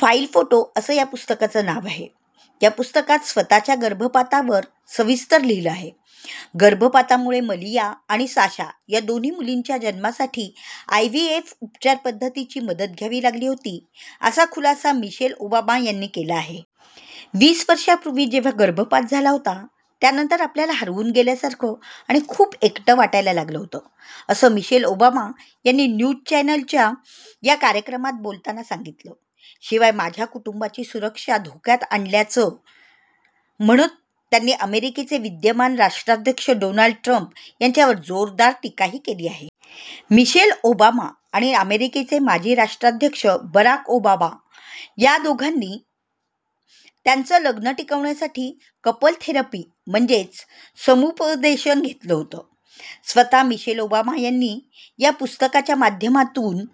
File photo असं या पुस्तकाचं नाव आहे. या पुस्तकात स्वतःच्या गर्भपातावर सविस्तर लिहिलं आहे. गर्भपातामुळे मलिया आणि साशा या दोन्ही मुलींच्या जन्मासाठी आयव्हीएफ उपचार पद्धतीची मदत घ्यावी लागली होती असा खुलासा मिशेल ओबामा यांनी केला आहे. वीस वर्षांपूर्वी जेव्हा गर्भपात झाला होता त्यानंतर आपल्याला हरवून गेल्यासारखं आणि खूप एकटं वाटायला लागलं होतं, असं मिशेल ओबामा यांनी न्यूज चॅनलच्या या कार्यक्रमात बोलताना सांगितलं. शिवाय माझ्या कुटुंबाची सुरक्षा धोक्यात आणल्याचं' म्हणत त्यांनी अमेरिकेचे विद्यमान राष्ट्राध्यक्ष डोनाल्ड ट्रम्प यांच्यावर जोरदार टीकाही केली आहे. मिशेल ओबामा आणि अमेरिकेचे माजी राष्ट्राध्यक्ष बराक ओबामा या दोघांनी त्यांचं लग्नं टिकवण्यासाठी 'कपल थेरपी' म्हणजेच समुपदेशन घेतलं होतं. स्वतः मिशेल ओबामा यांनी या पुस्तकाच्या माध्यमातून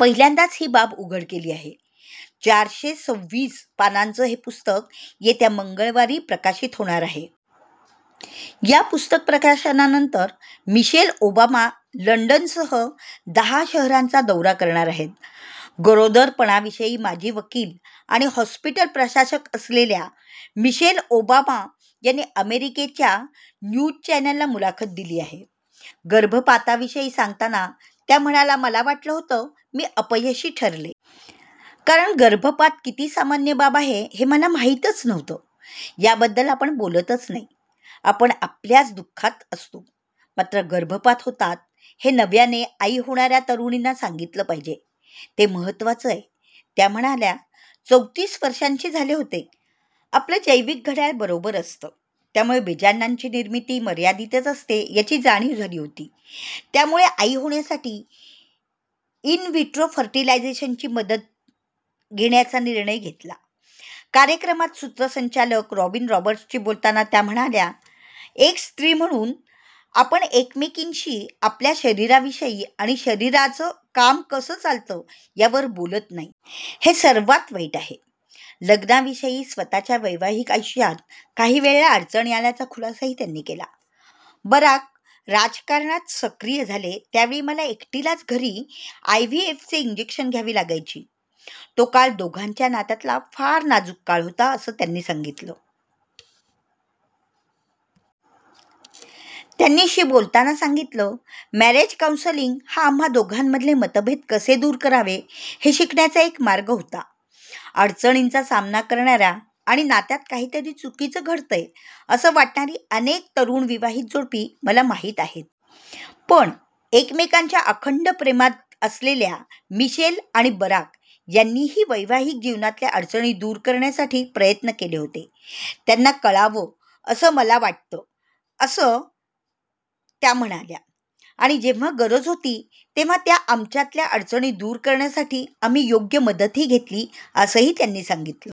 पहिल्यांदाच ही बाब उघड केली आहे. चारशे सविस पानांचं हे पुस्तक येत्या मंगळवारी प्रकाशित होणार आहे. या पुस्तक प्रकाशनानंतर मिशेल ओबामा लंडनसह दहा शहरांचा दौरा करणार आहेत. गरोदरपणाविषयी माजी वकील आणि हॉस्पिटल प्रशासक असलेल्या मिशेल ओबामा यांनी अमेरिकेच्या न्यूज चॅनलला मुलाखत दिली आहे. गर्भपाताविषयी सांगताना त्या म्हणाल्या मला वाटलं होत मी अपयशी ठरले. कारण गर्भपात किती सामान्य बाब आहे हे मला माहितीच नव्हतं. याबद्दल आपण बोलतच नाही. आपण आपल्याच दुःखात असतो. मात्र गर्भपात होतात, हे नव्याने आई होणाऱ्या तरुणींना सांगितलं पाहिजे. ते महत्त्वाचं आहे. त्या म्हणाल्या चौतीस वर्षांची झाले होते. आपलं जैविक घड्याळ बरोबर असतं. त्यामुळे बिजांडांची निर्मिती मर्यादितच असते याची जाणीव झाली होती. त्यामुळे आई होण्यासाठी इन-व्हिट्रो फर्टिलायझेशनची मदत घेण्याचा निर्णय घेतला. कार्यक्रमात सूत्रसंचालक रॉबिन रॉबर्टशी बोलताना त्या म्हणाला एक स्त्री म्हणून आपण एकमेकींशी आपल्या शरीराविषयी आणि शरीराच काम कसं चालतं यावर बोलत नाही. हे सर्वांत वाईट आहे. लग्नाविषयी स्वतःच्या वैवाहिक आयुष्यात काहीवेळा अडचणी आल्याचा खुलासाही त्यांनी केला. बराक राजकारणात सक्रीय झाले त्यावेळी मला एकटीलाच घरी आयव्हीएफचे इन्जेक्शन्स घ्यावी लागायची. तो काळ दोघांच्या नात्यातला फार नाजूक काळ होता असं त्यांनी सांगितलं. त्यांनी शी बोलताना सांगितलं, मॅरेज काउंसिलिंग हा आम्हा दोघांमधले मतभेद कसे दूर करावे, हे शिकण्याचा एक मार्ग होता. अडचणींचा सामना करणाऱ्या आणि नात्यात काहीतरी चुकीचं घडतंय, असं वाटणारी अनेक तरुण विवाहित जोडपी मला माहीत आहेत. पण एकमेकांच्या आकंठ प्रेमात असलेल्या मिशेल आणि बराक यांनीही वैवाहिक जीवनातल्या अडचणी दूर करण्यासाठी प्रयत्न केले होते, हे त्यांना कळावं असं मला वाटतं असं त्या म्हणाल्या. आणि जेव्हा गरज होती तेव्हा आमच्यातल्या अडचणी दूर करण्यासाठी आम्ही योग्य मदतही घेतली असंही त्यांनी सांगितलं.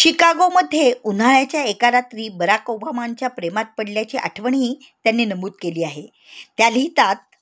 शिकागोमध्ये उन्हाळ्याच्या एका रात्री बराक ओबामांच्या प्रेमात पडल्याची आठवणही त्यांनी नमूद केली आहे. त्या लिहितात,